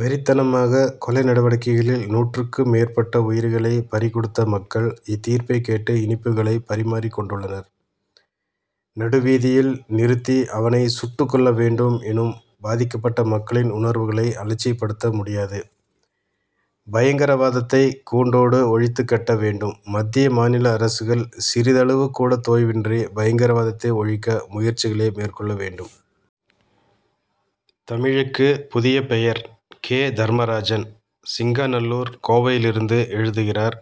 வெறித்தனமான கொலை நடவடிக்கைகளில் நூற்றுக்கும் மேற்பட்ட உயிர்களைப் பறி கொடுத்த மக்கள் இத்தீர்ப்புக் கேட்டு இனிப்புகளை பரிமாறிக் கொண்டுள்ளனர். நடுவீதியில் நிறுத்தி அவனைச் சுட்டுக்கொல்ல வேண்டும் எனும் பாதிக்கப்பட்ட மக்களின் உணர்வுகளை அலட்சியப்படுத்த முடியாது. பயங்கரவாதத்தை கூண்டோடு ஒழித்துக் கட்ட வேண்டும். மத்திய மாநில அரசுகள் சிறிதளவுகூட தொய்வின்றி பயங்கரவாதத்தை ஒழிக்க முயற்சிகளை மேற்கொள்ள வேண்டும். தமிழுக்குப் புதிய பெயர் கே. தர்மராஜன் சிங்காநல்லூர் கோவையிலிருந்து எழுதுகிறார்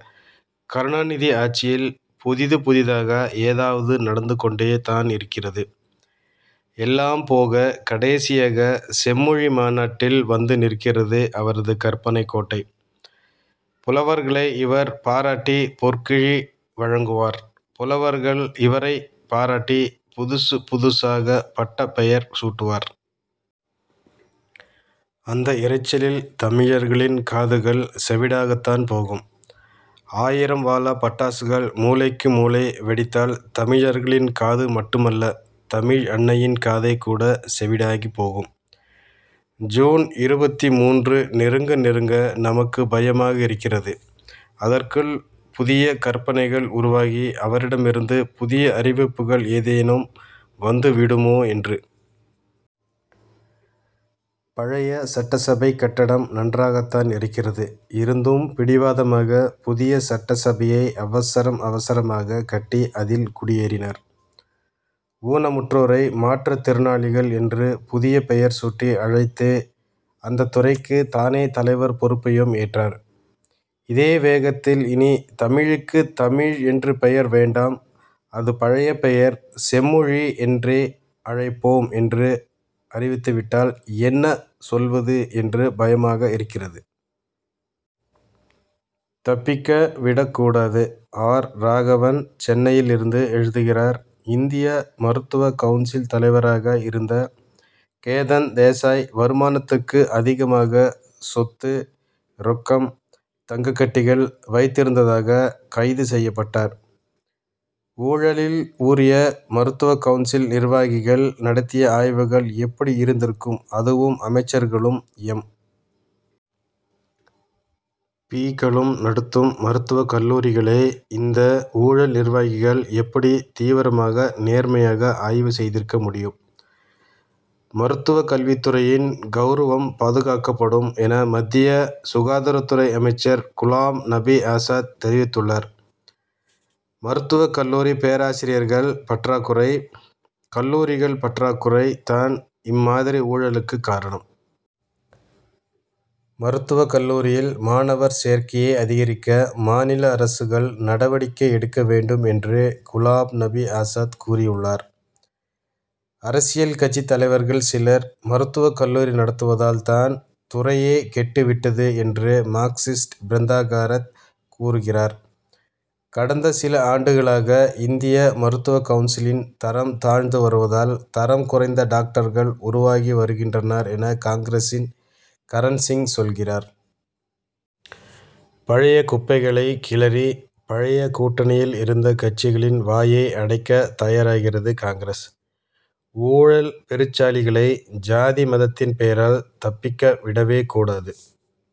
கருணாநிதி ஆட்சியில் புதிது புதிதாக ஏதாவது நடந்து கொண்டே தான் இருக்கிறது. எல்லாம் போக கடைசியாக செம்மொழி மாநாட்டில் வந்து நிற்கிறது அவரது கற்பனைக் கோட்டை. புலவர்களை இவர் பாராட்டி பொற்கிழி வழங்குவார். புலவர்கள் இவரைப் பாராட்டி புதுசு புதுசாக பட்டப் பெயர் சூட்டுவர். அந்த இரைச்சலில் தமிழர்களின் காதுகள் செவிடாகத்தான் போகும். ஆயிரம் வாலா பட்டாசுகள் மூலைக்கு மூலை வெடித்தால் தமிழர்களின் காது மட்டுமல்ல தமிழ் அன்னையின் காதே கூட செவிடாகிப்போகும். ஜூன் இருபத்து மூன்று நெருங்க நெருங்க நமக்கு பயமாக இருக்கிறது. அதற்குள் புதிய கற்பனைகள் உருவாகி அவரிடமிருந்து புதிய அறிவிப்புகள் ஏதேனும் வந்து விடுமோ என்று. பழைய சட்டசபைக் கட்டடம் நன்றாகதான் இருக்கிறது. இருந்தும் பிடிவாதமாக புதிய சட்டசபையை அவசரம் அவசரமாகக் கட்டி அதில் குடியேறினார். ஊனமுற்றோரை மாற்றுத் திறனாளிகள் என்று புதிய பெயர் சூட்டி அழைத்து அந்த துறைக்கு தானே தலைவர் பொறுப்பையும் ஏற்றார். இதே வேகத்தில் இனி தமிழுக்கு தமிழ் என்று பெயர் வேண்டாம் அது பழைய பெயர் செம்மொழி என்றே அழைப்போம் என்று அறிவித்துவிட்டால் என்ன சொல்வது என்று பயமாக இருக்கிறது. தப்பிக்க விடக் கூடாது ஆர். ராகவன் சென்னை யிலிருந்து எழுதுகிறார் இந்திய மருத்துவக் கவுன்சில் தலைவராக இருந்த கேதன் தேசாய் வருமானத்துக்கு அதிகமாக சொத்து ரொக்கம் தங்கக்கட்டிகள் வைத்திருந்ததாக கைது செய்யப்பட்டார். ஊழலில் ஊறிய மருத்துவக் கவுன்சில் நிர்வாகிகள் நடத்திய ஆய்வுகள் எப்படி இருந்திருக்கும். அதுவும் அமைச்சர்களும் எம். பி.க்களும் நடத்தும் மருத்துவக் கல்லூரிகளை இந்த ஊழல் நிர்வாகிகள் எப்படி தீவிரமாக நேர்மையாக ஆய்வு செய்திருக்க முடியும். மருத்துவக் கல்வித்துறையின் கவுரவம் பாதுகாக்கப்படும் என மத்திய சுகாதாரத்துறை அமைச்சர் குலாம் நபி ஆசாத் தெரிவித்துள்ளார். மருத்துவக் கல்லூரி பேராசிரியர்கள் பற்றாக்குறை கல்லூரிகள் பற்றாக்குறை தான் இம்மாதிரி ஊழலுக்கு காரணம். மருத்துவக் கல்லூரியில் மாணவர் சேர்க்கையை அதிகரிக்க மாநில அரசுகள் நடவடிக்கை எடுக்க வேண்டும் என்றும் குலாம் நபி ஆசாத் கூறியுள்ளார். அரசியல் கட்சித் தலைவர்கள் சிலர் மருத்துவக் கல்லூரி நடத்துவதால் தான் துறையே கெட்டு விட்டது என்று மார்க்சிஸ்ட் பிருந்தா கராத் கூறுகிறார். கடந்த சில ஆண்டுகளாக இந்திய மருத்துவக் கவுன்சிலின் தரம் தாழ்ந்து வருவதால் தரம் குறைந்த டாக்டர்கள் உருவாகி வருகின்றனர் என காங்கிரசின் கரண்சிங் சொல்கிறார். பழைய குப்பைகளைக் கிளறி பழைய கூட்டணியில் இருந்த கட்சிகளின் வாயை அடைக்க தயாராகிறது காங்கிரஸ். ஊழல் பெருச்சாளிகளை ஜாதி மதத்தின் பேரால் தப்பிக்க விடவே கூடாது.